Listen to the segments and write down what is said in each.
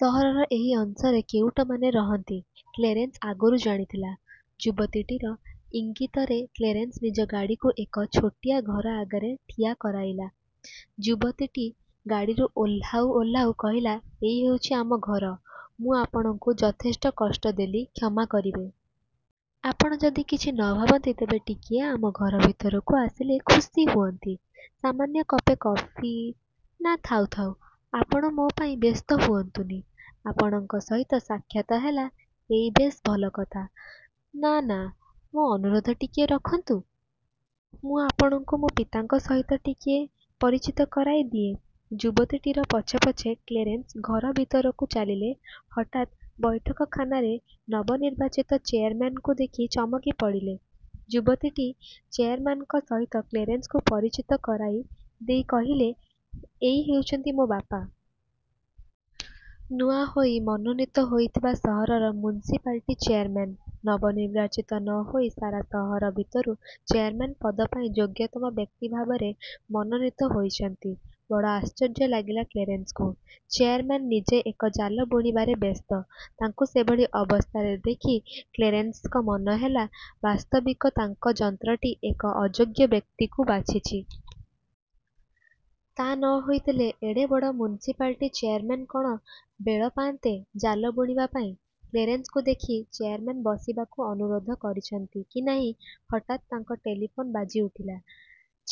ସହରର ଏହି ଅଂଶରେ କେଉଟମାନେ ରହନ୍ତି, କ୍ଳେରେନ୍ସ ଆଗରୁ ଜାଣିଥିଲେ-। ଯୁବତୀଟିର ଇଙ୍ଗିତରେ କ୍ଳେରେନ୍ସ ନିଜେ ଗାଡ଼ିକୁ ଏକ ଛୋଟିଆ ଘର ଆଗରେ ଠିଆ କରାଇଲେ। ଯୁବତୀଟି ଗାଡ଼ିରୁ ଓହ୍ଲାଉ ଓହ୍ଲାଉ କହିଲା, ''ଏଇ ହେଉଛି ଆମ ଘର। '' ମୁଁ ଆପଣଙ୍କୁ ଯଥେଷ୍ଟ କଷ୍ଟ ଦେଲି, କ୍ଷମା କରିବେ। ଆପଣ ଯଦି କିଛି ନ ଭାବନ୍ତି ତେବେ ଟିକିଏ ଆମ ଘର ଭିତରକୁ ଆସିଲେ ଖୁସି ହୁଅନ୍ତି। ସାମାନ୍ୟ କପେ କଫି- ''ନା, ଥାଉ ଥାଉ, ଆପଣ ମୋ। ପାଇଁ ବ୍ୟସ୍ତ ହୁଅନ୍ତୁନି। ଆପଣଙ୍କ ସହିତ ସାକ୍ଷାତ ହେଲା, ଏଇ ବେଶ୍ ଭଲକଥା। ''ନା, ନାଁ, ମୋର ଅନୁରୋଧ ଟିକକ ରଖନ୍ତୁ। ମୁଁ ଆପଣଙ୍କୁ ମୋ ପିତାଙ୍କ ସହିତ ଟିକିଏ ପରିଚିତ କରାଇ ଦିଏଁ। '' ''ଯୁବତୀଟିର ପଛେ ପଛେ କ୍ଳେରେନସ୍ ଘର ଭିତରକୁ ଚାଲିଲେ। ହଠାତ୍ ବୈଠକଖାନାରେ ନବନିର୍ବାଚିତ ଚେୟାରମେନଙ୍କୁ ଦେଖି ଚମକି ପଡ଼ିଲେ। ଯୁବତୀଟି ଚେୟାରମେନଙ୍କ ସହିତ କ୍ଳେରେନ୍ସଙ୍କୁ ପରିଚିତ କରାଇ ଦେଇ କହିଲେ, ''ଏଇ ହେଉଛନ୍ତି ମୋ ବାପା। ନୂଆ ହୋଇ ମନୋନୀତ ହୋଇଥିବା ସହରର ମ୍ୟୁନିସିପାଲିଟି ଚେୟାରମେନ। ନିର୍ବାଚିତ ନ ହୋଇ ସାରା ସହର ଭିତରୁ ଚେୟାରମେନ ପଦ ପାଇଁ ଯୋଗ୍ୟତମ ବ୍ୟକ୍ତି ଭାବରେ ମନୋନୀତ ହୋଇଛନ୍ତି। ''ବଡ଼ ଆଶ୍ଚର୍ଯ୍ୟ ଲାଗିଲା କ୍ଳେରନ୍ସଙ୍କୁ; ଚେୟାରମେନ ନିଜେ ଏକ ଜାଲ ବୁଣିବାରେ ବ୍ୟସ୍ତ। ତାଙ୍କୁ ସେଭଳି ଅବସ୍ଥାରେ ଦେଖି କ୍ଳେରେନ୍ସଙ୍କ ମନହେଲା ବାସ୍ତବିକ ତାଙ୍କ ଯନ୍ତ୍ରଟି ଏକ ଅଯୋଗ୍ୟ ବ୍ୟକ୍ତିକୁ ବାଛିଛି। ତା ନ ହୋଇଥିଲେ ଏଡେ ବଡ଼ ମ୍ୟୁନିସିପାଲିଟି ଚେୟାରମେନ କ'ଣ ବେଳ ପାଆନ୍ତେ, ଜାଲ ବୁଣିବା ପାଇଁ। ''କ୍ଳେରେନ୍ସଙ୍କୁ ଦେଖି ଚେୟାରମେନ ବସିବାକୁ ଅନୁରୋଧ କରିଛନ୍ତି କି ନାହିଁ, ହଠାତ୍ ତାଙ୍କ ଟେଲିଫୋନ୍ ବାଜି ଉଠିଲା।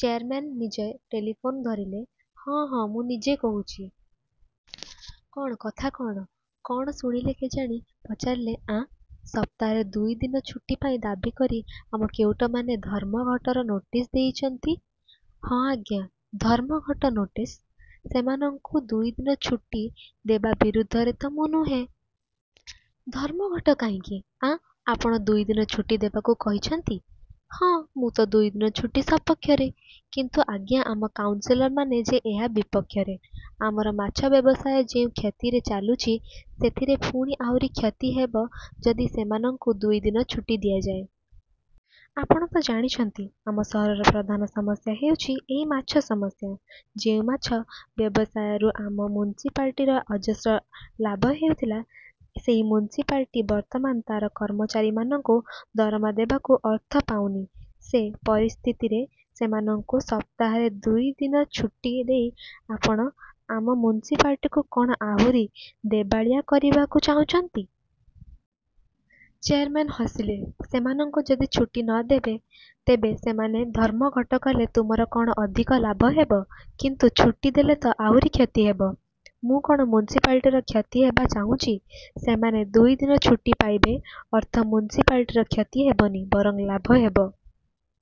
ଚେୟାରମେନ ନିଜେ ଫୋନ୍ ଧରିଲେ। ''ହଁ, ହଁ, ମୁଁ ନିଜେ କହୁଛି। କ'ଣ, କଥା କ'ଣ? '' କ'ଣ ଶୁଣିଲେ କେଜାଣି ପଚାରିଲେ। ''ଆଁ, ସପ୍ତାହରେ ଦୁଇ ଦିନ ଛୁଟି ପାଇଁ ଦାବୀ କରି ଆମ କେଉଟମାନେ ଧର୍ମଘଟର ନୋଟିସ୍ ଦେଇଛନ୍ତି? '' 'ହଁ, ଆଜ୍ଞା। ' ''ଧର୍ମଘଟ ନୋଟିସ? ସେମାନଙ୍କୁ ଦୁଇ ଦିନ ଛୁଟି ଦେବା ବିରୁଦ୍ଧରେ ତ ମୁଁ ନୁହେଁ। ଧର୍ମଘଟ କାହିଁକି? '' ''ଆଁ, ଆପଣ ଦୁଇଦିନ ଛୁଟି ଦେବାକୁ କହିଛନ୍ତି? '' ''ହଁ, ମୁଁ ତ ଦୁଇଦିନ ଛୁଟି ସପକ୍ଷରେ। '' ''କିନ୍ତୁ ଅଜ୍ଞା, ଆମ କାଉନସିଲରମାନେ ଯେ ଏହା ବିପକ୍ଷରେ। ଆମର ମାଛ ବ୍ୟବସାୟ ଯେଉଁ କ୍ଷତିରେ ଚାଲୁଛି, ସେଥିରେ ପୁଣି ଆହୁରି କ୍ଷତି ହେବ, ଯଦି ସେମାନଙ୍କୁ ଦୁଇଦିନ ଛୁଟି ଦିଆଯାଏ। ଆପଣ ତ ଜାଣିଛନ୍ତି ଆମ ସହରର ପ୍ରଧାନ ସମସ୍ୟା ହେଉଛି, ଏହି ମାଛ ସମସ୍ୟା। ଯେଉଁ ମାଛ ବ୍ୟବସାୟରୁ ଆମ ମ୍ୟୁନିସିପାଲିଟିର ଅଜସ୍ର ଲାଭ ହେଉଥିଲା, ସେହି ମ୍ୟୁନିସିପାଲିଟି ବର୍ତ୍ତମାନ ତାର କର୍ମଚାରୀମାନଙ୍କୁ ଦରମା ଦେବାକୁ ଅର୍ଥ ପାଉନି। ସେ ପରିସ୍ଥିତିରେ ସେମାନଙ୍କୁ ସପ୍ତାହରେ ଦୁଇ ଦିନ ଛୁଟି ଦେଇ ଆପଣ ଆମ ମ୍ୟୁନିସିପାଲିଟିକୁ କ'ଣ ଆହୁରି ଦେବାଳିଆ କରିବାକୁ ଚାହୁଁଛନ୍ତି? '' ଚେୟାରମେନ ହସିଲେ, ''ସେମାନଙ୍କୁ ଯଦି ଛୁଟି ନ ଦେବ, ତେବେ ସେମାନେ ଧର୍ମଘଟ କଲେ ତୁମର କ'ଣ ଅଧିକ ଲାଭ ହେବ? ''କିନ୍ତୁ ଛୁଟି ଦେଲେ ତ ଆହୁରି କ୍ଷତି ହେବ? '' ''ମୁଁ କ'ଣ ମ୍ୟୁନିସିପାଲିଟିର କ୍ଷତି ହେବା ଚାହୁଁଛି। ସେମାନେ ଦୁଦିନ ଛୁଟି ପାଇବେ ଅଥଚ ମ୍ୟୁନିସିପାଲିଟିର କ୍ଷତି ହେବନି, ବରଂ ଲାଭ ହେବ।